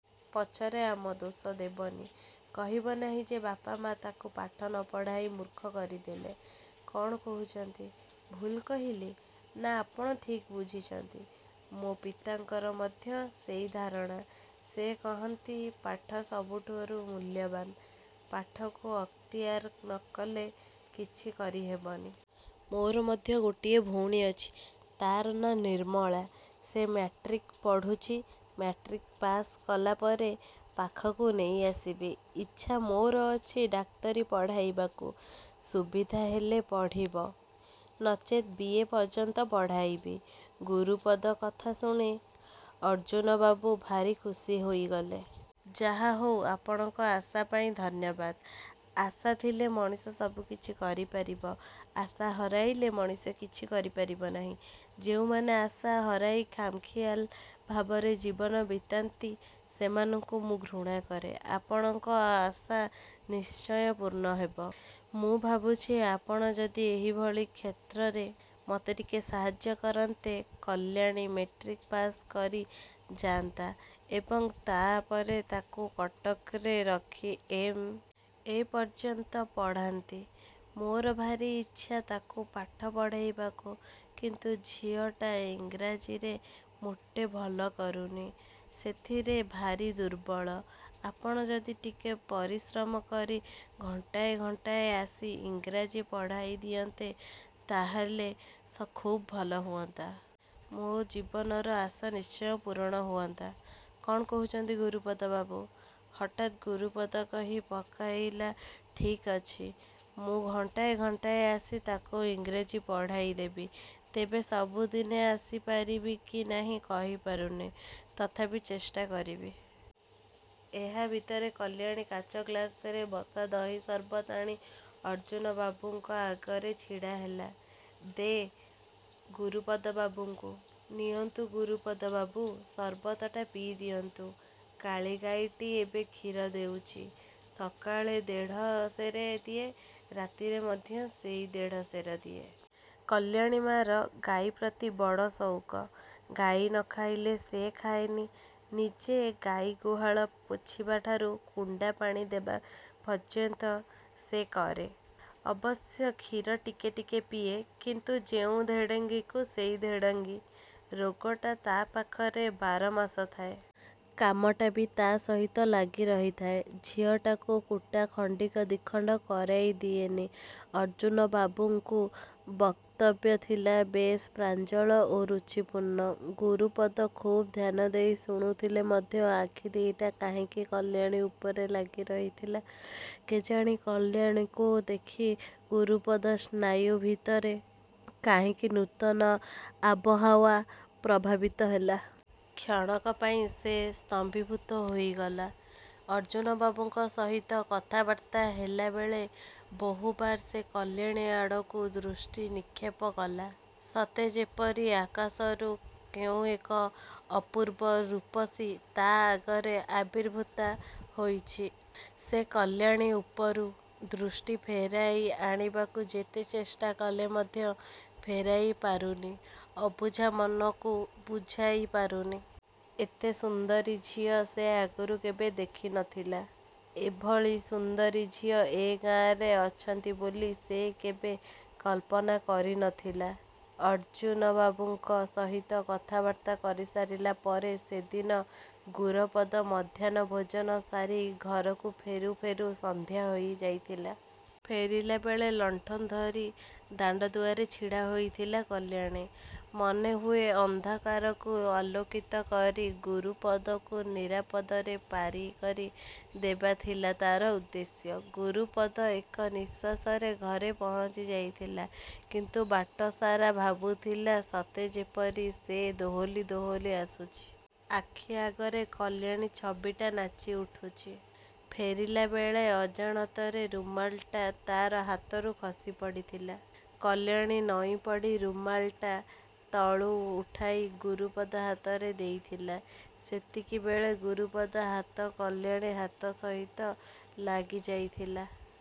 ପଛରେ ଆମ ଦୋଷ ଦେବନି। କହିବ ନାହିଁ ଯେ ବାପ ମା' ତାକୁ ପାଠ ନପଢ଼ାଇ ମୂର୍ଖ କରିଦେଲେ। କ'ଣ କହୁଛନ୍ତି, ଭୁଲ୍ କହିଲି? ନାଁ ଆପଣ ଠିକ୍ ବୁଝିଛନ୍ତି। ମୋ ପିତାଙ୍କର ମଧ୍ୟ ସେଇ ଧାରଣା। ସେ କହନ୍ତି ପାଠ ସବୁଠାରୁ ମୂଲ୍ୟବାନ୍। ପାଠକୁ ଅକ୍ତିଆର ନକଲେ କିଛି କରି ହେବନି। ମୋର ମଧ୍ୟ ଗୋଟିଏ ଭଉଣୀ ଅଛି। ତା'ର ନାଁ ନିର୍ମଳା। ସେ ମାଟ୍ରିକ୍ ପଢ଼ୁଛି। ମାଟ୍ରିକ୍ ପାଶ୍ କଲାପରେ ପାଖକୁ ନେଇଆସିବି। ଇଚ୍ଛା ମୋର ଅଛି ଡାକ୍ତରୀ ପଢ଼ାଇବାକୁ। ସୁବିଧା ହେଲେ ପଢ଼ିବ। ନଚେତ୍ ବିଏ ପର୍ଯ୍ୟନ୍ତ ପଢ଼ାଇବି। ଗୁରୁପଦ କଥା ଶୁଣି ଅର୍ଜ୍ଜୁନବାବୁ ଭାରି ଖୁସି ହୋଇଗଲେ। ଯାହାହେଉ ଆପଣଙ୍କ ଆଶାପାଇଁ ଧନ୍ୟବାଦ। ଆଶା ଥିଲେ ମଣିଷ ସବୁକିଛି କରିପାରିବ। ଆଶା ହରାଇଲେ ମଣିଷ କିଛି କରିପାରିବ ନାହିଁ। ଯେଉଁମାନେ ଆଶା ହରାଇ ଖାମଖିଆଲ ଭାବରେ ଜୀବନ ବିତାନ୍ତି ସେମାନଙ୍କୁ ମୁଁ ଘୃଣା କରେ। ଆପଣଙ୍କ ଆଶା ନିଶ୍ଚୟ ପୂର୍ଣ୍ଣ ହେବ। ମୁଁ ଭାବୁଛି ଆପଣ ଯଦି ଏହିଭଳି କ୍ଷେତ୍ରରେ ମୋତେ ଟିକେ ସାହାଯ୍ୟ କରନ୍ତେ, କଲ୍ୟାଣୀ ମାଟ୍ରିକ୍ ପାଶ୍ କରି ଯାଆନ୍ତା ଏବଂ ତା' ପରେ ତା'କୁ କଟକରେ ରଖି ଏମ୍. ଏ. ପର୍ଯ୍ୟନ୍ତ ପଢ଼ାନ୍ତି। ମୋର ଭାରି ଇଚ୍ଛା ତା'କୁ ପାଠ ପଢ଼ାଇବାକୁ କିନ୍ତୁ ଝିଅଟା ଇଂରାଜୀରେ ମୋଟେ ଭଲ କରୁନି। ସେଥିରେ ଭାରି ଦୁର୍ବଳ। ଆପଣ ଯଦି ଟିକେ ପରିଶ୍ରମ କରି ଘଣ୍ଟାଏ ଘଣ୍ଟାଏ ଆସି ଇଂରାଜୀ ପଢ଼ାଇ ଦିଅନ୍ତେ, ତାହାହେଲେ ଖୁବ୍ ଭଲ ହୁଅନ୍ତା। ମୋ ଜୀବନର ଆଶା ନିଶ୍ଚୟ ପୂରଣ ହୁଅନ୍ତା। କ'ଣ କହୁଛନ୍ତି ଗୁରୁପଦ ବାବୁ? ହଠାତ୍ ଗୁରୁପଦ କହି ପକାଇଲା ଠିକ୍ ଅଛି, ମୁଁ ଘଣ୍ଟାଏ ଘଣ୍ଟାଏ ଆସି ତା'କୁ ଇଂରେଜୀ ପଢ଼ାଇ ଦେବି। ତେବେ ସବୁଦିନେ ଆସି ପାରିବି କି ନାହିଁ କହିପାରୁନି। ତଥାପି ଚେଷ୍ଟା କରିବି। ଏହା ଭିତରେ କଲ୍ୟାଣୀ କାଚଗ୍ଳାସରେ ବସାଦହି ସର୍ବତ ଆଣି ଅର୍ଜ୍ଜୁନବାବୁଙ୍କ ଆଗରେ ଛିଡ଼ା ହେଲା। ଦେ, ଗୁରୁପଦ ବାବୁଙ୍କୁ। ନିଅନ୍ତୁ ଗୁରୁପଦ ବାବୁ, ସର୍ବତଟା ପିଇଦିଅନ୍ତୁ। କାଳି ଗାଈଟି ଏବେ କ୍ଷୀର ଦେଉଛି। ସକାଳେ ଦେଢ଼ ସେରେ ଦିଏ, ରାତିରେ ମଧ୍ୟ ସେଇ ଦେଢ଼ସେରେ ଦିଏ। କଲ୍ୟାଣୀ ମା'ର ଗାଈ ପ୍ରତି ବଡ଼ ସଉକ। ଗାଈ ନଖାଇଲେ ସେ ଖାଏନି। ନିଜେ ଗାଈ ଗୁହାଳ ପୋଛିବାଠାରୁ କୁଣ୍ଡା ପାଣି ଦେବା ପର୍ଯ୍ୟନ୍ତ ସେ କରେ। ଅବଶ୍ୟ କ୍ଷୀର ଟିକେ ଟିକେ ପିଏ। କିନ୍ତୁ ଯେଉଁ ଧେଡ଼ଙ୍ଗିକୁ ସେଇ ଧେଡ଼ଙ୍ଗି। ରୋଗଟା ତା' ପାଖରେ ବାରମାସ ଥାଏ। କାମଟା ବି ତା' ସହିତ ଲାଗି ରହିଥାଏ। ଝିଅଟାକୁ କୁଟା ଖଣ୍ଡିକ ଦିଖଣ୍ଡ କରାଇ ଦିଏନି। ଅର୍ଜ୍ଜୁନବାବୁଙ୍କୁ ବକ୍ତବ୍ୟ ଥିଲା ବେଶ୍ ପ୍ରାଞ୍ଜଳ ଏବଂ ରୁଚିପୂର୍ଣ୍ଣ। ଗୁରୁପଦ ଖୁବ୍ ଧ୍ୟାନଦେଇ ଶୁଣୁଥିଲେ ମଧ୍ୟ ଆଖି ଦି'ଟା କାହିଁକି କଲ୍ୟାଣୀ ଉପରେ ଲାଗି ଯାଇଥିଲା, କେଜାଣି? କଲ୍ୟାଣୀକୁ ଦେଖି ଗୁରୁପଦ ସ୍ନାୟୁ ଭିତରେ କାହିଁକି ନୂତନ ଆବହାଓ୍ୱା ପ୍ରଭାବିତ ହେଲା। କ୍ଷଣକ ପାଇଁ ସେ ସ୍ତମ୍ଭୀଭୂତ ହୋଇଗଲା। ଅର୍ଜ୍ଜୁନବାବୁଙ୍କ ସହିତ କଥାବାର୍ତ୍ତା ହେଲାବେଳେ ବହୁବାର ସେ କଲ୍ୟାଣୀ ଆଡ଼କୁ ଦୃଷ୍ଟି ନିକ୍ଷେପ କଲା, ସତେ ଯେପରି ଆକାଶରୁ କେଉଁ ଏକ ଅପୂର୍ବ ରୂପସୀ ତା' ଆଗରେ ଆବିର୍ଭୁତା ହୋଇଛି। ସେ କଲ୍ୟାଣୀ ଉପରୁ। ଦୃଷ୍ଟି ଫେରାଇ ଆଣିବାକୁ ଯେତେ ଚେଷ୍ଟା କଲେ ମଧ୍ୟ ଫେରାଇ ପାରୁନି–ଅବୁଝା ମନକୁ ବୁଝାଇ ପାରୁନି। ଏତେ ସୁନ୍ଦରୀ ଝିଅ ସେ ଆଗରୁ କେବେ ଦେଖି ନଥିଲା। ଏଭଳି ସୁନ୍ଦରୀ ଝିଅ ଏ ଗାଁରେ ଅଛନ୍ତି ବୋଲି ସେ କେବେ କଳ୍ପନା କରି ନ ଥିଲା। ଅର୍ଜ୍ଜୁନବାବୁଙ୍କ ସହିତ କଥାବାର୍ତ୍ତା କରିସାରିଲା ପରେ ସେଦିନ ଗୁରପଦ ମଧ୍ୟାହ୍ନ ଭୋଜନ ସାରି ଘରକୁ ଫେରୁ ଫେରୁ ସନ୍ଧ୍ୟା ହୋଇ ଯାଇଥିଲା। ଫେରିଲାବେଳେ ଲଣ୍ଠନ ଧରି ଦାଣ୍ଡ ଦୁଆରେ ଛିଡ଼ା ହୋଇଥିଲା କଲ୍ୟାଣୀ। ମନେ ହୁଏ ଅନ୍ଧକାରକୁ ଆଲୋକିତ କରି ଗୁରୁପଦକୁ ନିରାପଦରେ ପାରି କରି ଦେବା ଥିଲା ତା'ର ଉଦ୍ଦେଶ୍ୟ। ଗୁରୁପଦ ଏକା ନିଶ୍ୱାସରେ ଘରେ ପହଞ୍ଚି ଯାଇଥିଲା। କିନ୍ତୁ ବାଟ ସାରା ଭାବୁଥିଲା ସତେ ଯେପରି ସେ ଦୋହଲି ଦୋହଲି ଆସୁଛି। ଆଖି ଆଗରେ କଲ୍ୟାଣୀ ଛବିଟା ନାଚି ଉଠୁଛି। ଫେରିଲାବେଳେ ଅଜାଣତରେ ରୁମାଲଟା ତା'ର ହାତରୁ ଖସି ପଡ଼ିଥିଲା। କଲ୍ୟାଣ ନଇଁପଡ଼ି ରୁମାଲ୍ଟା ତଳୁ ଉଠାଇ ଗୁରୁପଦ ହାତରେ ଦେଇଥିଲା। ସେତିକିବେଳେ ଗୁରୁପଦର ହାତ କଲ୍ୟାଣୀ ହାତ ସହିତ ଲାଗିଯାଇଥିଲା।